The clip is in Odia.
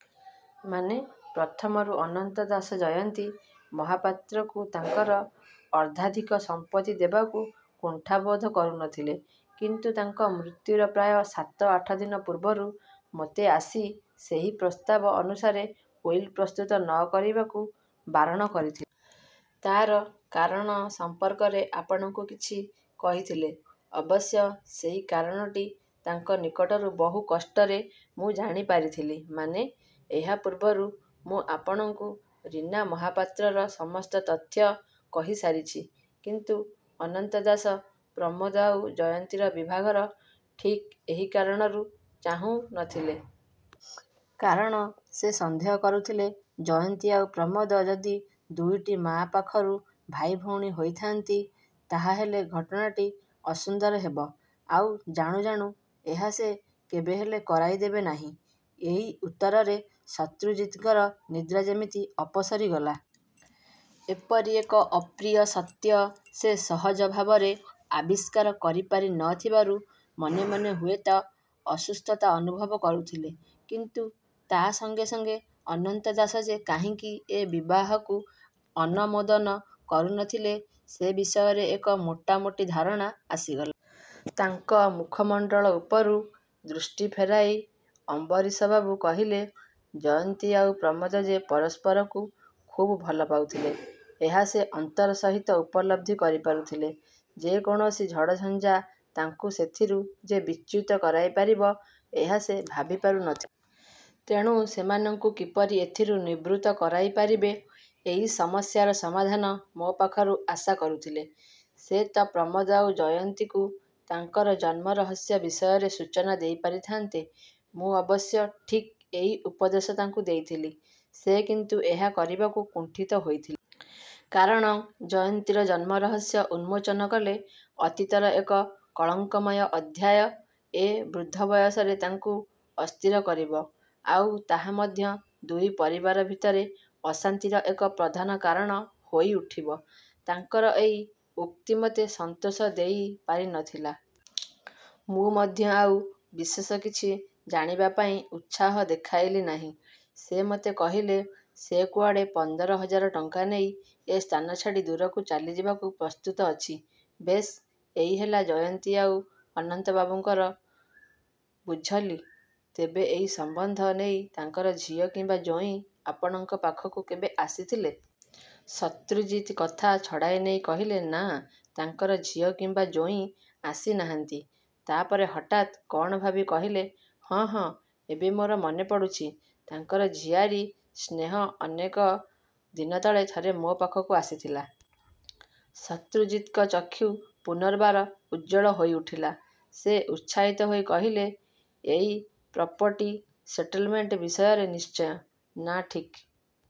' 'ମାନେ? ' 'ପ୍ରଥମରୁ ଅନନ୍ତ ଦାସ ଜୟନ୍ତୀ ମହାପାତ୍ରକୁ ତାଙ୍କର ଅର୍ଦ୍ଧାଧିକ ସମ୍ପତ୍ତି ଦେବାକୁ କୁଣ୍ଠା ବୋଧ କରୁ ନ ଥିଲେ। କିନ୍ତୁ ତାଙ୍କ ମୃତ୍ୟୁର ପ୍ରାୟ ସାତ ଆଠଦିନ ପୂର୍ବରୁ ମୋତେ ଆସି ସେଇ ପ୍ରସ୍ତାବ ଅନୁସାରେ ଉଇଲ୍ ପ୍ରସ୍ତୁତ ନ କରିବାକୁ ବାରଣ କରିଥିଲେ। ' 'ତା'ର କାରଣ ସଂପର୍କରେ ଆପଣଙ୍କୁ କିଛି କହିଥିଲେ? ' 'ଅବଶ୍ୟ ସେଇ କାରଣଟି ତାଙ୍କ ନିକଟରୁ ବହୁ କଷ୍ଟରେ ମୁଁ ଜାଣିପାରିଥିଲି। ' 'ମାନେ? ' 'ଏହା ପୂର୍ବରୁ ମୁଁ ଆପଣଙ୍କୁ ରୀନା ମହାପାତ୍ରର ସମସ୍ତ ତଥ୍ୟ କହିସାରିଛି। କିନ୍ତୁ ଅନନ୍ତ ଦାସ ପ୍ରମୋଦ ଆଉ ଜୟନ୍ତୀର ବିଭାଘର ଠିକ୍ ଏହି କାରଣରୁ ଚାହୁଁ ନଥିଲେ। କାରଣ ସେ ସନ୍ଦେହ କରୁଥିଲେ, ଜୟନ୍ତୀ ଆଉ ପ୍ରମୋଦ ଯଦି ଦୁଇଟି ମାଆ ପାଖରୁ ଭାଇ ଭଉଣୀ ହୋଇଥାଆନ୍ତି, ତା'ହେଲେ ଘଟଣାଟି ଅସୁନ୍ଦର ହେବ। ଆଉ ଜାଣୁ ଜାଣୁ ଏହା ସେ କେବେହେଲେ କରାଇଦେବେ ନାହିଁ। ' ଏଇ ଉତ୍ତରରେ ଶତ୍ରୁଜିତିଙ୍କର ନିଦ୍ରା ଯେମିତି ଅପସରି ଗଲା। ଏପରି ଏକ ଅପ୍ରିୟ ସତ୍ୟ ସେ ସହଜ ଭାବରେ ଆବିଷ୍କାର କରିପାରି ନ ଥିବାରୁ ମନେ ମନେ ହୁଏତ ଅସୁସ୍ଥତା ଅନୁଭବ କରୁଥିଲେ। କିନ୍ତୁ ତା' ସଙ୍ଗେ ସଙ୍ଗେ ଅନନ୍ତ ଦାସ ଯେ କାହିଁକି ଏ ବିବାହକୁ ଅନମୋଦନ କରୁ ନଥିଲେ ସେ ବିଷୟରେ ଏକ ମୋଟା ମୋଟି ଧାରଣା ଆସିଗଲା। ତାଙ୍କ ମୁଖମଣ୍ଡଳ ଉପରୁ ଦୃଷ୍ଟି ଫେରାଇ ଅମ୍ବରୀଶବାବୁ କହିଲେ, 'ଜୟନ୍ତୀ ଆଉ ପ୍ରମୋଦ ଯେ ପରସ୍ପରକୁ ଖୁବ୍ ଭଲ ପାଉଥିଲେ, ଏହା ସେ ଅନ୍ତର ସହିତ ଉପଲବ୍ଧି କରିପାରୁଥିଲେ। ଯେକୌଣସି ଝଡ଼ଝଞ୍ଜା ତାଙ୍କୁ ସେଥିରୁ ଯେ ବିଚ୍ୟୁତ କରାଇ ପାରିବ ଏହା ସେ ଭାବି ପାରୁ ନଥିଲେ। ତେଣୁ ସେମାନଙ୍କୁ କିପରି ଏଥିରୁ ନିବୃତ୍ତ କରାଇପାରିବେ-ଏଇ ସମସ୍ୟାର ସମାଧାନ ମୋ ପାଖରୁ ଆଶା କରୁଥିଲେ। ' 'ସେ ତ ପ୍ରମୋଦ ଆଉ ଜୟନ୍ତୀକୁ ତାଙ୍କର ଜନ୍ମ ରହସ୍ୟ ବିଷୟରେ ସୂଚନା ଦେଇପାରିଥାଆନ୍ତେ? ' 'ମୁଁ ଅବଶ୍ୟ ଠିକ୍ ଏଇ ଉପଦେଶ ତାଙ୍କୁ ଦେଇଥିଲି। ସେ କିନ୍ତୁ ଏହା କରିବାକୁ କୁଣ୍ଠିତ ହୋଇଥିଲେ। କାରଣ ଜୟନ୍ତୀର ଜନ୍ମ ରହସ୍ୟ ଉନ୍ମୋଚନ କଲେ ଅତୀତର ଏକ କଳଙ୍କମୟ ଅଧ୍ୟାୟ ଏ ବୃଦ୍ଧ ବୟସରେ ତାଙ୍କୁ ଅସ୍ଥିର କରିବ। ଆଉ ତାହା ମଧ୍ୟ ଦୁଇ ପରିବାର ଭିତରେ ଅଶାନ୍ତିର ଏକ ପ୍ରଧାନ କାରଣ ହୋଇଉଠିବ। ତାଙ୍କର ଏଇ ଉକ୍ତି ମୋତେ ସନ୍ତୋଷ ଦେଇ ପାରି ନ ଥିଲା। 'ମୁଁ ମଧ୍ୟ ଆଉ ବିଶେଷ କିଛି ଜାଣିବାପାଇଁ ଉତ୍ସାହ ଦେଖାଇଲି ନାହିଁ। ସେ ମୋତେ କହିଲେ, ସେ କୁଆଡ଼େ ପନ୍ଦର ହଜାର ଟଙ୍କା ନେଇ ଏ ସ୍ଥାନ ଛାଡ଼ି ଦୂରକୁ ଚାଲିଯିବାକୁ ପ୍ରସ୍ତୁତ ଅଛି-। ବେଶ୍, ଏଇ ହେଲା ଜୟନ୍ତୀ ଆଉ ଅନନ୍ତବାବୁଙ୍କର' 'ବୁଝଲି। ତେବେ ଏଇ ସମ୍ବନ୍ଧ ନେଇ ତାଙ୍କର ଝିଅ କିମ୍ବା ଜୋଇଁ ଆପଣଙ୍କ ପାଖକୁ କେବେ ଆସିଥିଲେ? ' ଶତ୍ରୁଜିତ କଥା ଛଡ଼ାଇ ନେଇ କହିଲେ। 'ନା, ତାଙ୍କର ଝିଅ କିମ୍ବା ଜୋଇଁ ଆସିନାହାନ୍ତି। ' ତା'ପରେ ହଠାତ୍ କ'ଣ ଭାବି କହିଲେ, 'ହଁ ହଁ ଏବେ ମୋର ମନେପଡ଼ୁଛି, ତାଙ୍କର ଝିଆରୀ ସ୍ନେହ ଅନେକ ଦିନ ତଳେ ଥରେ ମୋ ପାଖକୁ ଆସିଥିଲା। ' ଶତ୍ରୁଜିତଙ୍କ ଚକ୍ଷୁ ପୁନର୍ବାର ଉଜ୍ଜ୍ୱଳ ହୋଇଉଠିଲା। ସେ ଉତ୍ସାହିତ ହୋଇ କହିଲେ, 'ଏଇ ପ୍ରପଟି ସେଟଲମେଣ୍ଟ ବିଷୟରେ ନିଶ୍ଚୟ। ' 'ନା, ଠିକ୍